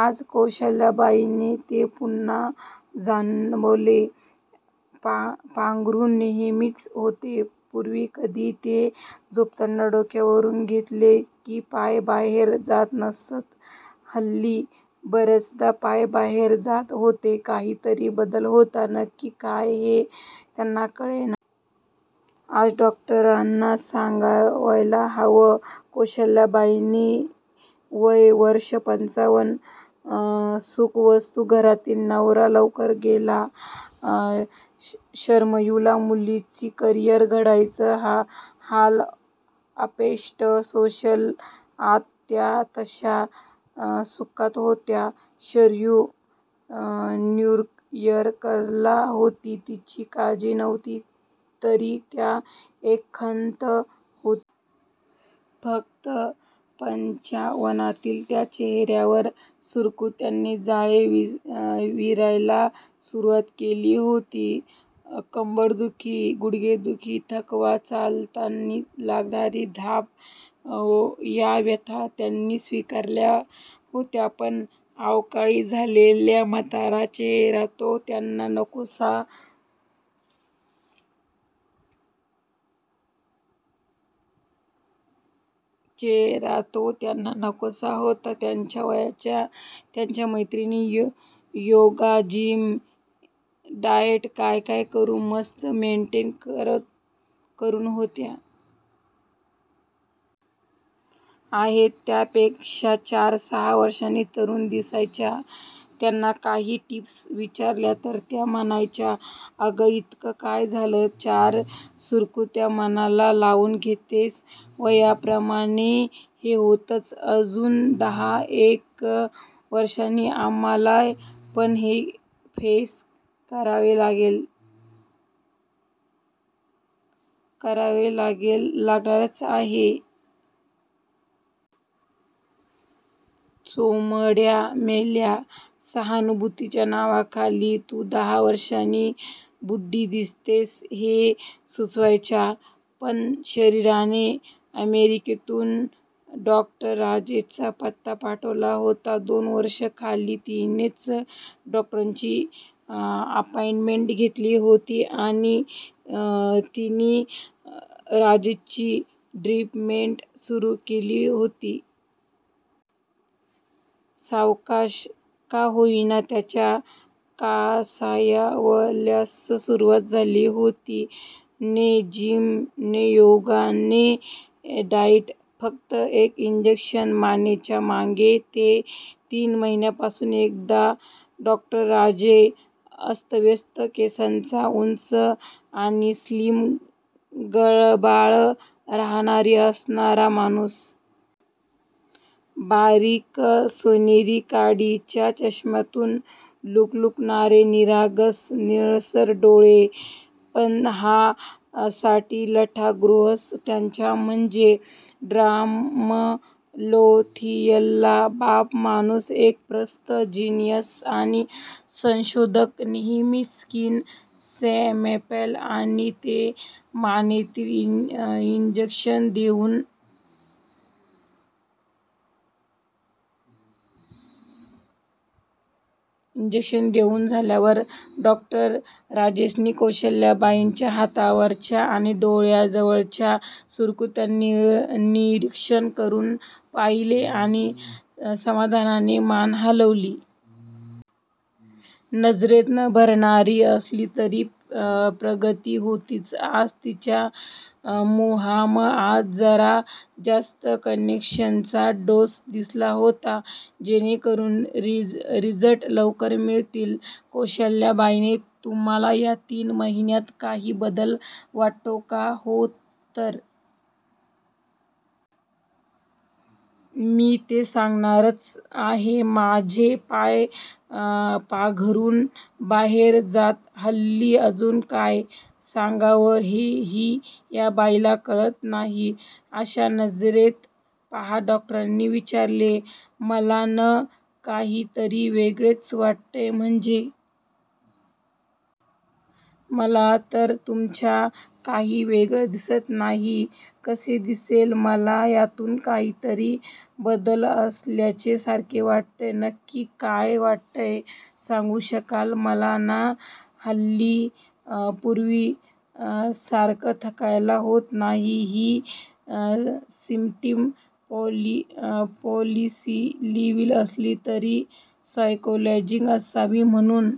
आज कौसल्याबाईंना ते पुन्हा जाणवले. पांघरून नेहमीचेच होते. पूर्वी कधी, ते झोपताना डोक्यावरून घेतले की, पाय बाहेर जात नसत. हल्ली बरेचदा पाय बाहेर जात होते. काहीतरी बदलत होत. नक्की काय हे त्यांना कळेना. आज डॉक्टरांना सांगायला हवं. कौसल्याबाई वय वर्ष पंच्चावन. सुखवस्तू घरातील. नवरा लवकर गेला. शरयूच मुलीचं करियर घडवलं. हाल अपेष्टा सोसल्या. आता त्या तश्या सुखात होत्या. शरयू न्यूयार्कला होती. तिची काळजी नव्हती. तरी त्यांना एक खन्त होतीच. फक्त पंच्चावनीत त्यांच्या चेहऱ्यावर, सुरकुत्यांनी जाळे विणायला सुरवात केली होती! कंबरदुखी, गुडघेदुखी, थकवा, चालतानाची लागणारी धाप या व्यथा त्यांनी स्वीकारल्या होत्या. पण अकाली झालेला म्हातारा चेहरा! तो त्यांना नको होता! त्यांच्याच वयाच्या त्यांच्या मैत्रिणी, योगा, जिम, डाएट, काय काय करून मस्त मेंटेन करून होत्या. आहेत त्या पेक्षा, चार सहा वर्षांनी तरुण दिसायच्या. त्यांना काही टिप्स विचारल्या तर म्हणायच्या 'अग, इतकं काय त्या चार सुरकुत्यांचं मनाला लावून घेतसे? वयोमानाप्रमाणे हे होतच. अजून दहा एक वर्षांनी, आम्हाला पण हे फेस करावंच लागणारच आहे! ' चोम्बड्या मेल्या! सहानुभूतीच्या नावाखाली तू दहा वर्षांनी बुड्डी दिसतेस हेच सुचायच्या! पण शरीने अमेरिकेतून डॉ. राजेंचा पत्ता पाठवला होता, दोन वर्षा खाली. तिनेच डॉक्टरांची अपॉइंटमेंट घेतली होती आणि त्यांनी डॉ. राजेंची ट्रीटमेंट सुरु केली होती. सावकाश का होईना, त्यांच्या कायाकल्पास सुरवात झाली होती. No gym, no yoga, no diet! फक्त एक इंजेक्शन मानेच्या मागे ते हि तीन महिन्यातून एकदा डॉ. राजे. अस्ताव्यस्त केसांचा, उंच आणि स्लिम, गबाळा राहणी असणारा माणूस! बारीक सोनेरी काडीच्या चष्म्यातून लुकलुकणारे निरागस निळसर डोळे! पण हा साठीतला गृहस्थ, त्याच्या म्हणजे डर्माकोलॉजितला 'बाप' माणूस! एक प्रस्त! जिनियस! आणि संशोधक! नेहमीचे स्किन सॅम्पल, आणि ते मानेतील इंजक्शन देऊन झाल्यावर, डॉ. राजेंनी कौसल्याबाईंच्या हातावरच्या आणि डोळ्या जवळच्या सुकुत्यांचं निरीक्षण करून पाहिलं आणि समाधानाने मान हलवली. नजरेत न भरणारी असली तरी, प्रगती होतीच. आज त्यांनी मुद्दाम आज जरा ज्यास्त कॉन्सन्ट्रेशनचा डोस दिला होता. जेणेकरून रिझल्ट लवकर मिळतील. "कौसल्याबाई, तुम्हाला या तीन महिन्यात काही बदल वाटतोय का? " "हो तर! मी ते सांगणारच आहे. माझे पाय पाघरुणा बाहेर जातात हल्ली! " "अजून? " काय सांगावं, हे हि या बाईला काळात नाही, अशा नजरेने पहात डॉक्टरांनी विचारले. "मला, न काही तरी वेगळंच वाटतंय! "" म्हणजे? मला तर तुमच्यात काहीच वेगळं दिसत नाही. " "कसे दिसेल? मला आतून काहीतरी बदलत असल्या सारखे वाटतंय! " "नक्की काय वाटतंय, सांगू शकाल? " "मला न हल्ली, पूर्वी सारखं थकायला होत नाही! " हि सिमटम पॉसिटीव्ह असली तरी सायकॉलॉजिकल असावी, म्हाणून